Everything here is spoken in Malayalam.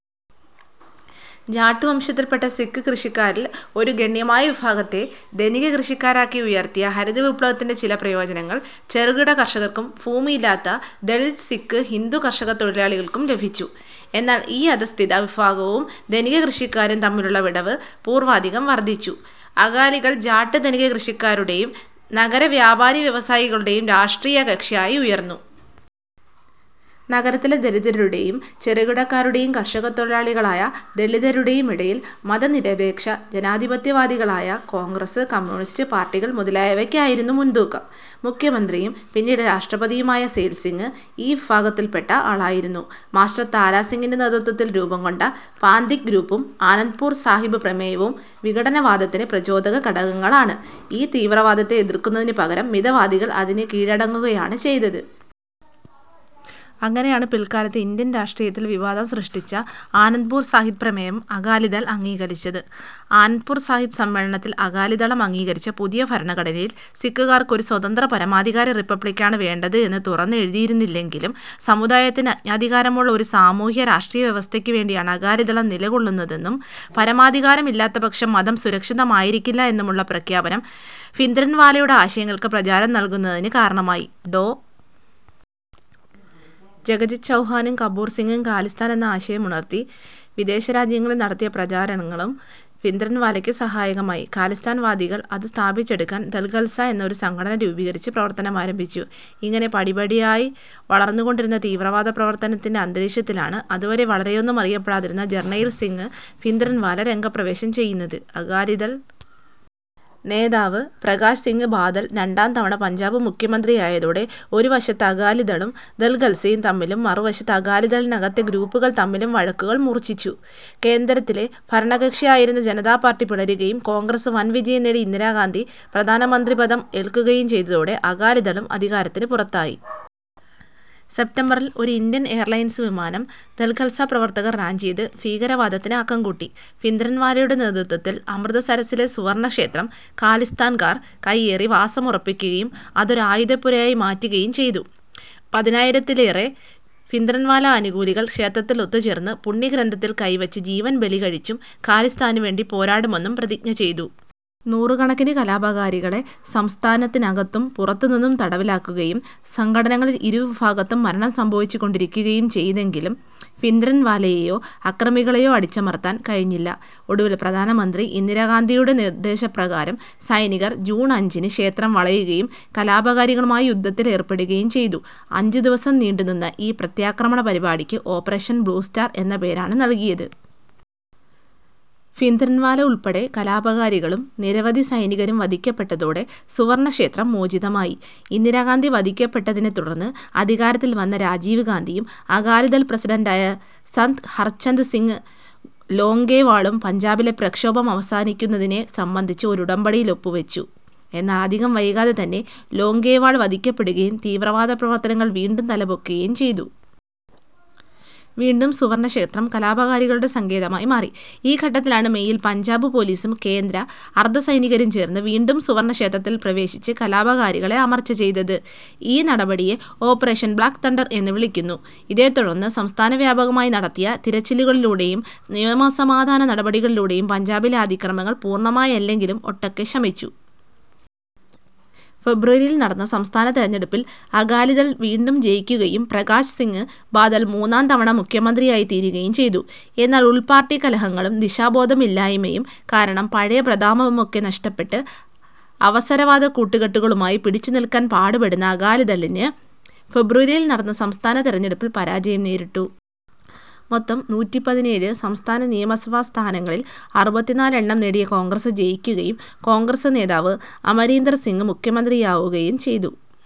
ജാട്ട് വംശത്തിൽപ്പെട്ട സിക്ക് കൃഷിക്കാരിൽ ഒരു ഗണ്യമായ വിഭാഗത്തെ ധനിക കൃഷിക്കാരാക്കി ഉയർത്തിയ ഹരിത വിപ്ലവത്തിൻ്റെ ചില പ്രയോജനങ്ങൾ ചെറുകിട കർഷകർക്കും ഭൂമിയില്ലാത്ത ദലിത് സിക്ക്, ഹിന്ദു കർഷകത്തൊഴിലാളികൾക്കും ലഭിച്ചു. എന്നാൽ ഈ അധഃസ്ഥിത വിഭാഗവും ധനിക കൃഷിക്കാരും തമ്മിലുള്ള വിടവ് പൂർവാധികം വർധിച്ചു. അകാലികൾ ജാട്ട് ധനിക കൃഷിക്കാരുടെയും നഗര വ്യാപാരി വ്യവസായികളുടെയും രാഷ്ട്രീയ കക്ഷിയായി ഉയർന്നു. നഗരത്തിലെ ദരിദ്രരുടെയും ചെറുകിടക്കാരുടെയും കർഷകത്തൊഴിലാളികളായ ദലിതരുടെയും ഇടയിൽ മതനിരപേക്ഷ ജനാധിപത്യവാദികളായ കോൺഗ്രസ്, കമ്യൂണിസ്റ്റ് പാർട്ടികൾ മുതലായവയ്ക്കായിരുന്നു മുൻതൂക്കം. മുഖ്യമന്ത്രിയും പിന്നീട് രാഷ്ട്രപതിയുമായ സെയിൽസിങ് ഈ വിഭാഗത്തിൽപ്പെട്ട ആളായിരുന്നു. മാസ്റ്റർ താരാസിങ്ങിൻ്റെ നേതൃത്വത്തിൽ രൂപംകൊണ്ട പാന്ഥിക് ഗ്രൂപ്പും ആനന്ദ്പുർ സാഹിബ് പ്രമേയവും വിഘടനവാദത്തിന് പ്രചോദക ഘടകങ്ങളാണ്. ഈ തീവ്രവാദത്തെ എതിർക്കുന്നതിനുപകരം മിതവാദികൾ അതിന് കീഴടങ്ങുകയാണ് ചെയ്തത്. അങ്ങനെയാണ് പിൽക്കാലത്ത് ഇന്ത്യൻ രാഷ്ട്രീയത്തിൽ വിവാദം സൃഷ്ടിച്ച ആനന്ദ്പുർ സാഹിബ് പ്രമേയം അകാലിദൾ അംഗീകരിച്ചത്. ആനന്ദ്പുർ സാഹിബ് സമ്മേളനത്തിൽ അകാലിദളം അംഗീകരിച്ച പുതിയ ഭരണഘടനയിൽ സിക്കുകാർക്ക് ഒരു സ്വതന്ത്ര പരമാധികാര റിപ്പബ്ലിക്കാണ് വേണ്ടത് എന്ന് തുറന്ന് എഴുതിയിരുന്നില്ലെങ്കിലും, സമുദായത്തിന് ആജ്ഞാധികാരമുള്ള ഒരു സാമൂഹ്യ രാഷ്ട്രീയ വ്യവസ്ഥയ്ക്കു വേണ്ടിയാണ് അകാലിദളം നിലകൊള്ളുന്നതെന്നും പരമാധികാരം ഇല്ലാത്തപക്ഷം മതം സുരക്ഷിതമായിരിക്കില്ല എന്നുമുള്ള പ്രഖ്യാപനം ഭിന്ദ്രൻവാലയുടെ ആശയങ്ങൾക്ക് പ്രചാരം നൽകുന്നതിന് കാരണമായി.ഡോ. ജഗജിത് ചൗഹാനും കപൂർ സിങ്ങും ഖാലിസ്ഥാൻ എന്ന ആശയമുയർത്തി വിദേശരാജ്യങ്ങളിൽ നടത്തിയ പ്രചാരണങ്ങളും ഭിന്ദ്രൻവാലയ്ക്ക് സഹായകമായി. ഖാലിസ്ഥാൻ വാദികൾ അതു സ്ഥാപിച്ചെടുക്കാൻ ദൾഖൽസ എന്ന ഒരു സംഘടന രൂപീകരിച്ച് പ്രവർത്തനമാരംഭിച്ചു. ഇങ്ങനെ പടിപടിയായി വളർന്നുകൊണ്ടിരുന്ന തീവ്രവാദ പ്രവർത്തനത്തിൻ്റെ അന്തരീക്ഷത്തിലാണ് അതുവരെ വളരെയൊന്നും അറിയപ്പെടാതിരുന്ന ജർണയിൽ സിങ് ഭിന്ദ്രൻവാല രംഗപ്രവേശം ചെയ്യുന്നത്. അകാലിദൾ നേതാവ് പ്രകാശ് സിങ് ബാദൽ രണ്ടാം തവണ പഞ്ചാബ് മുഖ്യമന്ത്രിയായതോടെ ഒരുവശത്ത് അകാലിദളും ദൾഖൽസയും തമ്മിലും മറുവശത്ത് അകാലിദളിനകത്തെ ഗ്രൂപ്പുകൾ തമ്മിലും വഴക്കുകൾ മൂർച്ഛിച്ചു. കേന്ദ്രത്തിലെ ഭരണകക്ഷിയായിരുന്ന ജനതാ പാർട്ടി പിളരുകയും കോൺഗ്രസ് വൻവിജയം നേടി ഇന്ദിരാഗാന്ധി പ്രധാനമന്ത്രി പദം ഏൽക്കുകയും ചെയ്തതോടെ അകാലിദളും അധികാരത്തിന് പുറത്തായി. സെപ്റ്റംബറിൽ ഒരു ഇന്ത്യൻ എയർലൈൻസ് വിമാനം ദൾഖൽസ പ്രവർത്തകർ റാഞ്ചിയത് ഭീകരവാദത്തിന് ആക്കം കൂട്ടി. ഭിന്ദ്രൻവാലയുടെ നേതൃത്വത്തിൽ അമൃതസരസ്സിലെ സുവർണക്ഷേത്രം ഖാലിസ്ഥാൻകാർ കൈയേറി വാസമുറപ്പിക്കുകയും അതൊരു ആയുധപ്പുരയായി മാറ്റുകയും ചെയ്തു. പതിനായിരത്തിലേറെ ഭിന്ദ്രൻവാല അനുകൂലികൾ ക്ഷേത്രത്തിൽ ഒത്തുചേർന്ന് പുണ്യഗ്രന്ഥത്തിൽ കൈവച്ച് ജീവൻ ബലികഴിച്ചും ഖാലിസ്ഥാനുവേണ്ടി പോരാടുമെന്നും പ്രതിജ്ഞ ചെയ്തു. നൂറുകണക്കിന് കലാപകാരികളെ സംസ്ഥാനത്തിനകത്തും പുറത്തുനിന്നും തടവിലാക്കുകയും സംഘട്ടനങ്ങളിൽ ഇരു വിഭാഗത്തും മരണം സംഭവിച്ചുകൊണ്ടിരിക്കുകയും ചെയ്തെങ്കിലും ഭിന്ദ്രൻവാലയെയോ അക്രമികളെയോ അടിച്ചമർത്താൻ കഴിഞ്ഞില്ല. ഒടുവിൽ പ്രധാനമന്ത്രി ഇന്ദിരാഗാന്ധിയുടെ നിർദ്ദേശപ്രകാരം സൈനികർ ജൂൺ അഞ്ചിന് ക്ഷേത്രം വളയുകയും കലാപകാരികളുമായി യുദ്ധത്തിൽ ഏർപ്പെടുകയും ചെയ്തു. അഞ്ചുദിവസം നീണ്ടുനിന്ന ഈ പ്രത്യാക്രമണ പരിപാടിക്ക് ഓപ്പറേഷൻ ബ്ലൂസ്റ്റാർ എന്ന പേരാണ് നൽകിയത്. ഭിന്ദ്രൻവാല ഉൾപ്പെടെ കലാപകാരികളും നിരവധി സൈനികരും വധിക്കപ്പെട്ടതോടെ സുവർണക്ഷേത്രം മോചിതമായി. ഇന്ദിരാഗാന്ധി വധിക്കപ്പെട്ടതിനെത്തുടർന്ന് അധികാരത്തിൽ വന്ന രാജീവ്ഗാന്ധിയും അകാലിദൾ പ്രസിഡന്റായ സന്ത് ഹർചന്ദ് സിങ് ലോംഗെവാളും പഞ്ചാബിലെ പ്രക്ഷോഭം അവസാനിപ്പിക്കുന്നതിനെ സംബന്ധിച്ച് ഒരു ഉടമ്പടിയിൽ ഒപ്പുവെച്ചു. എന്നാൽ അധികം വൈകാതെ തന്നെ ലോംഗെവാൾ വധിക്കപ്പെടുകയും തീവ്രവാദ പ്രവർത്തനങ്ങൾ വീണ്ടും തലപൊക്കുകയും ചെയ്തു. വീണ്ടും സുവർണക്ഷേത്രം കലാപകാരികളുടെ സങ്കേതമായി മാറി. ഈ ഘട്ടത്തിലാണ് മേയിൽ പഞ്ചാബ് പൊലീസും കേന്ദ്ര അർധസൈനികരും ചേർന്ന് വീണ്ടും സുവർണക്ഷേത്രത്തിൽ പ്രവേശിച്ച് കലാപകാരികളെ അമർച്ച ചെയ്തത്. ഈ നടപടിയെ ഓപ്പറേഷൻ ബ്ലാക്ക് തണ്ടർ എന്ന് വിളിക്കുന്നു. ഇതേത്തുടർന്ന് സംസ്ഥാനവ്യാപകമായി നടത്തിയ തിരച്ചിലുകളിലൂടെയും നിയമസമാധാന നടപടികളിലൂടെയും പഞ്ചാബിലെ അതിക്രമങ്ങൾ പൂർണമായല്ലെങ്കിലും ഒട്ടൊക്കെ ശമിച്ചു. ഫെബ്രുവരിയിൽ നടന്ന സംസ്ഥാന തെരഞ്ഞെടുപ്പിൽ അകാലിദൾ വീണ്ടും ജയിക്കുകയും പ്രകാശ് സിങ് ബാദൽ മൂന്നാം തവണ മുഖ്യമന്ത്രിയായിത്തീരുകയും ചെയ്തു. എന്നാൽ ഉൾപ്പാർട്ടി കലഹങ്ങളും ദിശാബോധമില്ലായ്മയും കാരണം പഴയ പ്രതാപമൊക്കെ നഷ്ടപ്പെട്ട് അവസരവാദ കൂട്ടുകെട്ടുകളുമായി പിടിച്ചുനിൽക്കാൻ പാടുപെടുന്ന അകാലിദളിന് ഫെബ്രുവരിയിൽ നടന്ന സംസ്ഥാന തെരഞ്ഞെടുപ്പിൽ പരാജയം നേരിട്ടു. മൊത്തം നൂറ്റിപ്പതിനേഴ് സംസ്ഥാന നിയമസഭാ സ്ഥാനങ്ങളിൽ അറുപത്തിനാല് എണ്ണം നേടിയ കോൺഗ്രസ് ജയിക്കുകയും കോൺഗ്രസ് നേതാവ് അമരീന്ദർ സിങ് മുഖ്യമന്ത്രിയാവുകയും ചെയ്തു.